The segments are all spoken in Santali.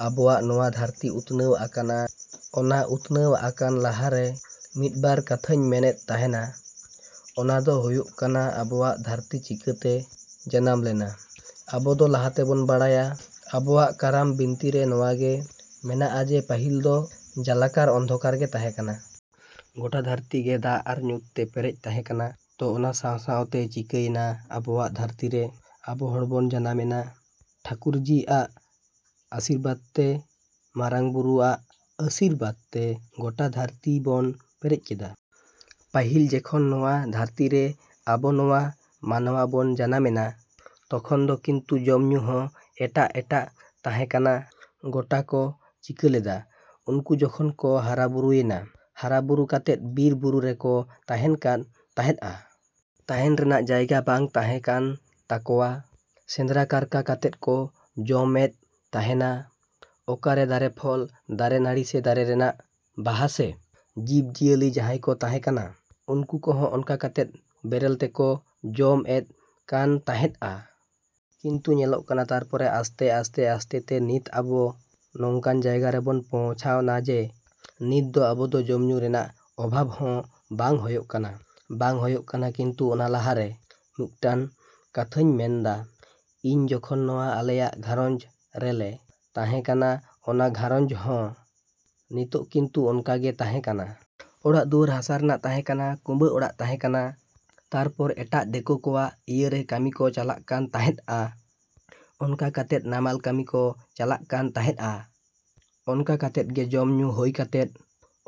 ᱟᱵᱚᱣᱟᱜ ᱱᱚᱣᱟ ᱫᱷᱟᱹᱨᱛᱤ ᱩᱛᱱᱟᱹᱣ ᱟᱠᱟᱱᱟ᱾ ᱚᱱᱟ ᱩᱛᱱᱟᱹᱣ ᱟᱠᱟᱱ ᱞᱟᱦᱟᱨᱮ ᱢᱤᱫᱵᱟᱨ ᱠᱟᱛᱷᱟᱧ ᱢᱮᱱ ᱮᱫ ᱛᱟᱵᱚᱱᱟ᱾ ᱚᱱᱟ ᱫᱚ ᱦᱳᱭᱳᱜ ᱠᱟᱱᱟ ᱟᱵᱚᱣᱟᱜ ᱫᱷᱟᱹᱨᱛᱤ ᱪᱤᱠᱟᱹᱛᱮ ᱡᱟᱱᱟᱢ ᱞᱮᱱᱟ? ᱟᱵᱚᱫᱚ ᱞᱟᱦᱟᱛᱮᱵᱚᱱ ᱵᱟᱲᱟᱭᱟ ᱟᱵᱚᱣᱟᱜ ᱠᱟᱨᱟᱢ ᱵᱤᱱᱛᱤᱨᱮ ᱱᱚᱶᱟ ᱜᱮ ᱢᱮᱱᱟᱜᱼᱟ ᱡᱮ ᱯᱟᱹᱦᱤᱞ ᱫᱚ ᱡᱟᱞᱟᱠᱟᱨ ᱚᱱᱫᱷᱚᱠᱟᱨ ᱜᱮ ᱛᱟᱦᱮᱸ ᱠᱟᱱᱟ᱾ ᱜᱚᱴᱟ ᱫᱷᱟᱹᱨᱛᱤ ᱜᱮ ᱫᱟᱜ ᱟᱨ ᱧᱩᱛ ᱛᱮ ᱯᱮᱨᱮᱡ ᱛᱟᱦᱮᱸ ᱠᱟᱱᱟ᱾ ᱛᱚ ᱚᱱᱟ ᱥᱟᱶ ᱥᱟᱶᱛᱮ ᱪᱤᱠᱟᱹᱭᱮᱱᱟ ᱟᱵᱚᱣᱟᱜ ᱫᱷᱟᱹᱨᱛᱤ ᱨᱮ ᱟᱵᱚ ᱦᱚᱲ ᱵᱚᱱ ᱡᱟᱱᱟᱢ ᱮᱱᱟ᱾ ᱴᱷᱟᱹᱠᱩᱨᱡᱤ ᱟᱜ ᱟᱥᱤᱨᱵᱟᱫᱽᱛᱮ, ᱢᱟᱨᱟᱝ ᱵᱩᱨᱩ ᱟᱜ ᱟᱹᱥᱤᱨᱵᱟᱫᱽ ᱛᱮ ᱜᱳᱴᱟ ᱫᱷᱟᱹᱨᱛᱤ ᱵᱚᱱ ᱯᱮᱨᱮᱡ ᱠᱮᱫᱟ᱾ ᱯᱟᱹᱦᱤᱞ ᱡᱮᱠᱷᱚᱱ ᱱᱚᱶᱟ ᱫᱷᱟᱹᱨᱛᱤᱨᱮ ᱟᱵᱚ ᱱᱚᱶᱟ ᱢᱟᱱᱣᱟ ᱵᱚᱱ ᱡᱟᱱᱟᱢ ᱮᱱᱟ ᱛᱚᱠᱷᱚᱱ ᱫᱚ ᱠᱤᱱᱛᱩ ᱡᱚᱢ ᱧᱩ ᱦᱚᱸ ᱮᱴᱟᱜ ᱮᱴᱟᱜ ᱛᱟᱦᱮᱸ ᱠᱟᱱᱟ᱾ ᱜᱳᱴᱟ ᱠᱚ ᱪᱤᱠᱟ ᱞᱮᱫᱟ? ᱩᱱᱠᱩ ᱡᱚᱠᱷᱚᱱ ᱠᱚ ᱦᱟᱨᱟ ᱵᱩᱨᱩᱭᱮᱱᱟ, ᱦᱟᱨᱟ ᱵᱩᱨᱩ ᱠᱟᱛᱮᱫ ᱵᱤᱨ ᱵᱩᱨᱩ ᱨᱮᱠᱚ ᱛᱟᱦᱮᱱ ᱠᱟᱱ ᱛᱟᱦᱮᱫᱼᱟ᱾ ᱛᱟᱦᱮᱱ ᱨᱮᱱᱟᱜ ᱡᱟᱭᱜᱟ ᱵᱟᱝ ᱛᱟᱦᱮ ᱠᱟᱱ ᱛᱟᱠᱚᱣᱟ᱾ ᱥᱮᱸᱫᱽᱨᱟ ᱠᱟᱨᱠᱟ ᱠᱟᱛᱮᱜ ᱠᱚ ᱡᱚᱢ ᱮᱫ ᱛᱟᱸᱦᱮᱱᱟ᱾ ᱚᱠᱟᱨᱮ ᱫᱟᱨᱮ ᱯᱷᱚᱞ, ᱫᱟᱨᱮ ᱱᱟᱲᱤ ᱥᱮ ᱫᱟᱨᱮ ᱨᱮᱱᱟᱜ ᱵᱟᱦᱟ ᱥᱮ ᱡᱤᱵᱽ ᱡᱤᱭᱟᱹᱞᱤ ᱡᱟᱦᱟᱸᱭ ᱠᱚ ᱛᱟᱦᱮᱸ ᱠᱟᱱᱟ ᱩᱱᱠᱩ ᱠᱚᱸᱦᱚ ᱚᱱᱠᱟ ᱠᱟᱛᱮᱫ ᱵᱮᱨᱮᱞ ᱛᱮᱠᱚ ᱡᱚᱢ ᱮᱫ ᱠᱟᱱ ᱛᱟᱦᱮᱸᱫᱼᱟ᱾ ᱠᱤᱱᱛᱩ ᱧᱮᱞᱚᱜ ᱠᱟᱱᱟ ᱛᱟᱨᱯᱚᱨᱮ ᱟᱥᱛᱮ ᱟᱥᱛᱮ ᱟᱥᱛᱮ ᱛᱮ ᱱᱤᱛ ᱟᱵᱚ ᱱᱚᱝᱠᱟᱱ ᱡᱟᱭᱜᱟ ᱨᱮᱵᱚᱱ ᱯᱳᱣᱪᱷᱟᱣᱱᱟ ᱡᱮ ᱱᱤᱛ ᱫᱚ ᱟᱵᱚ ᱫᱚ ᱡᱚᱢ ᱧᱩ ᱨᱮᱱᱟᱜ ᱚᱵᱷᱟᱵᱽ ᱦᱚᱸ ᱵᱟᱝ ᱦᱳᱭᱳᱜ ᱠᱟᱱᱟ᱾ ᱵᱟᱝ ᱦᱳᱭᱳᱜ ᱠᱟᱱᱟ ᱠᱤᱱᱛᱩ ᱚᱱᱟ ᱞᱟᱦᱟᱨᱮ ᱢᱤᱫᱴᱟᱱ ᱠᱟᱛᱷᱟᱧ ᱢᱮᱱᱫᱟ ᱤᱧ ᱡᱚᱠᱷᱚᱱ ᱱᱚᱶᱟ ᱟᱞᱮᱭᱟᱜ ᱜᱷᱟᱸᱨᱚᱧᱡᱽ ᱨᱮᱞᱮ ᱛᱟᱦᱮᱸ ᱠᱟᱱᱟ ᱚᱱᱟ ᱜᱷᱟᱸᱨᱚᱧᱡᱽ ᱦᱚᱸ ᱱᱤᱛᱚᱜ ᱠᱤᱱᱛᱩ ᱚᱱᱠᱟᱜᱮ ᱛᱟᱦᱮᱸ ᱠᱟᱱᱟ᱾ ᱚᱲᱟᱜ ᱫᱩᱣᱟᱹᱨ ᱦᱟᱥᱟ ᱨᱮᱱᱟᱜ ᱛᱟᱦᱮᱸ ᱠᱟᱱᱟ, ᱠᱩᱸᱵᱟᱹ ᱚᱲᱟᱜ ᱛᱟᱦᱮᱸ ᱠᱟᱱᱟ ᱛᱟᱨᱯᱚᱨ ᱮᱴᱟᱜ ᱫᱤᱠᱳ ᱠᱚᱣᱟᱜ ᱤᱭᱟᱹᱨᱮ ᱠᱟᱹᱢᱤ ᱠᱚ ᱪᱟᱞᱟᱜ ᱠᱟᱱ ᱛᱟᱦᱮᱫᱼᱟ᱾ ᱚᱱᱠᱟ ᱠᱟᱛᱮᱫ ᱱᱟᱢᱟᱞ ᱠᱟᱹᱢᱤ ᱠᱚ ᱪᱟᱞᱟᱜ ᱠᱟᱱ ᱛᱟᱦᱮᱸᱫᱼᱟ᱾ ᱚᱱᱠᱟ ᱠᱟᱛᱮᱫ ᱜᱮ ᱡᱚᱢ ᱧᱩ ᱦᱳᱭ ᱠᱟᱛᱮᱫ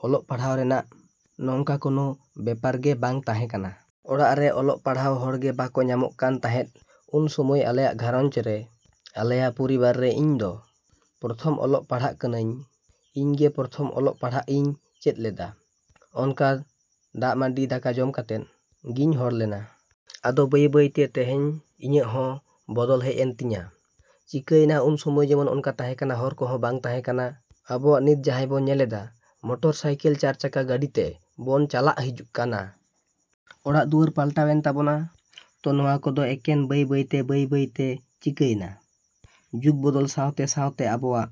ᱚᱞᱚᱜ ᱯᱟᱲᱦᱟᱜ ᱨᱮᱱᱟᱜ ᱱᱚᱝᱠᱟ ᱠᱳᱱᱳ ᱵᱮᱯᱟᱨ ᱜᱮ ᱵᱟᱝ ᱛᱟᱦᱮᱸ ᱠᱟᱱᱟ᱾ ᱚᱲᱟᱜ ᱨᱮ ᱚᱞᱚᱜ ᱯᱟᱲᱦᱟᱣ ᱦᱚᱲᱜᱮ ᱵᱟᱠᱚ ᱧᱟᱢᱚᱜ ᱠᱟᱱ ᱛᱟᱦᱮᱸᱫ ᱩᱱ ᱥᱳᱢᱳᱭ ᱟᱞᱮᱭᱟᱜ ᱜᱷᱟᱨᱚᱸᱧᱪ ᱨᱮ, ᱟᱞᱮᱭᱟ ᱯᱚᱨᱤᱵᱟᱨ ᱨᱮ ᱤᱧ ᱫᱚ ᱯᱨᱚᱛᱷᱚᱢ ᱚᱞᱚᱜ ᱯᱟᱲᱦᱟᱜ ᱠᱟᱱᱟᱹᱧ᱾ ᱤᱧᱜᱮ ᱯᱨᱚᱛᱷᱚᱢ ᱚᱞᱚᱜ ᱯᱟᱲᱦᱟᱜ ᱤᱧ ᱪᱮᱫ ᱞᱮᱫᱟ᱾ ᱚᱱᱠᱟᱫᱟᱜ ᱢᱟᱰᱤ ᱫᱟᱠᱟ ᱡᱚᱢ ᱠᱟᱛᱮᱫ ᱜᱤᱧ ᱦᱚᱲ ᱞᱮᱱᱟ᱾ ᱟᱫᱚ ᱵᱟᱹᱭ ᱵᱟᱹᱭᱛᱮ ᱛᱮᱹᱦᱮᱹᱧ ᱤᱧᱟᱹᱜ ᱦᱚᱸ ᱵᱚᱫᱚᱞ ᱦᱮᱡ ᱮᱱ ᱛᱤᱧᱟ᱾ ᱪᱤᱠᱟᱹᱭᱮᱱᱟ ᱩᱱᱥᱳᱢᱳᱭ ᱡᱮᱢᱚᱱ ᱚᱱᱠᱟ ᱛᱟᱦᱮᱸ ᱠᱟᱱᱟ ᱦᱚᱨ ᱠᱚᱸᱦᱚᱸ ᱵᱟᱝ ᱛᱟᱦᱮᱸ ᱠᱟᱱᱟ ᱟᱵᱚᱣᱟᱜ ᱱᱤᱛ ᱡᱟᱦᱟᱭ ᱵᱚᱱ ᱧᱮᱞ ᱮᱫᱟ᱾ ᱢᱳᱴᱚᱨ ᱥᱟᱭᱠᱮᱞ, ᱪᱟᱨᱪᱟᱠᱟ ᱜᱟᱹᱰᱤ ᱛᱮ ᱵᱚᱱ ᱪᱟᱞᱟᱜ ᱦᱤᱡᱩᱜ ᱠᱟᱱᱟ᱾ ᱚᱲᱟᱜ ᱫᱩᱣᱟᱹᱨ ᱯᱟᱞᱴᱟᱣ ᱮᱱ ᱛᱟᱵᱚᱱᱟ᱾ ᱛᱚ ᱱᱚᱶᱟ ᱠᱚᱫᱚ ᱮᱠᱮᱱ ᱵᱟᱹᱭ ᱵᱟᱹᱭᱛᱮ ᱵᱟᱹᱭ ᱵᱟᱹᱭᱛᱮ ᱪᱤᱠᱟᱭᱮᱱᱟ? ᱡᱩᱜᱽ ᱵᱚᱫᱚᱞ ᱥᱟᱶᱛᱮ ᱥᱟᱶᱛᱮ ᱟᱵᱚᱣᱟᱜ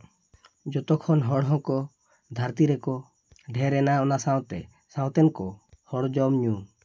ᱡᱚᱛᱚᱠᱷᱚᱱ ᱦᱚᱲ ᱦᱚᱠᱚ ᱫᱷᱟᱹᱨᱛᱤ ᱨᱮᱠᱚ ᱫᱷᱮᱨ ᱮᱱᱟ ᱚᱱᱟ ᱥᱟᱶᱛᱮ ᱥᱟᱶᱛᱮᱱ ᱠᱚ ᱦᱚᱲ ᱡᱚᱢ ᱧᱩ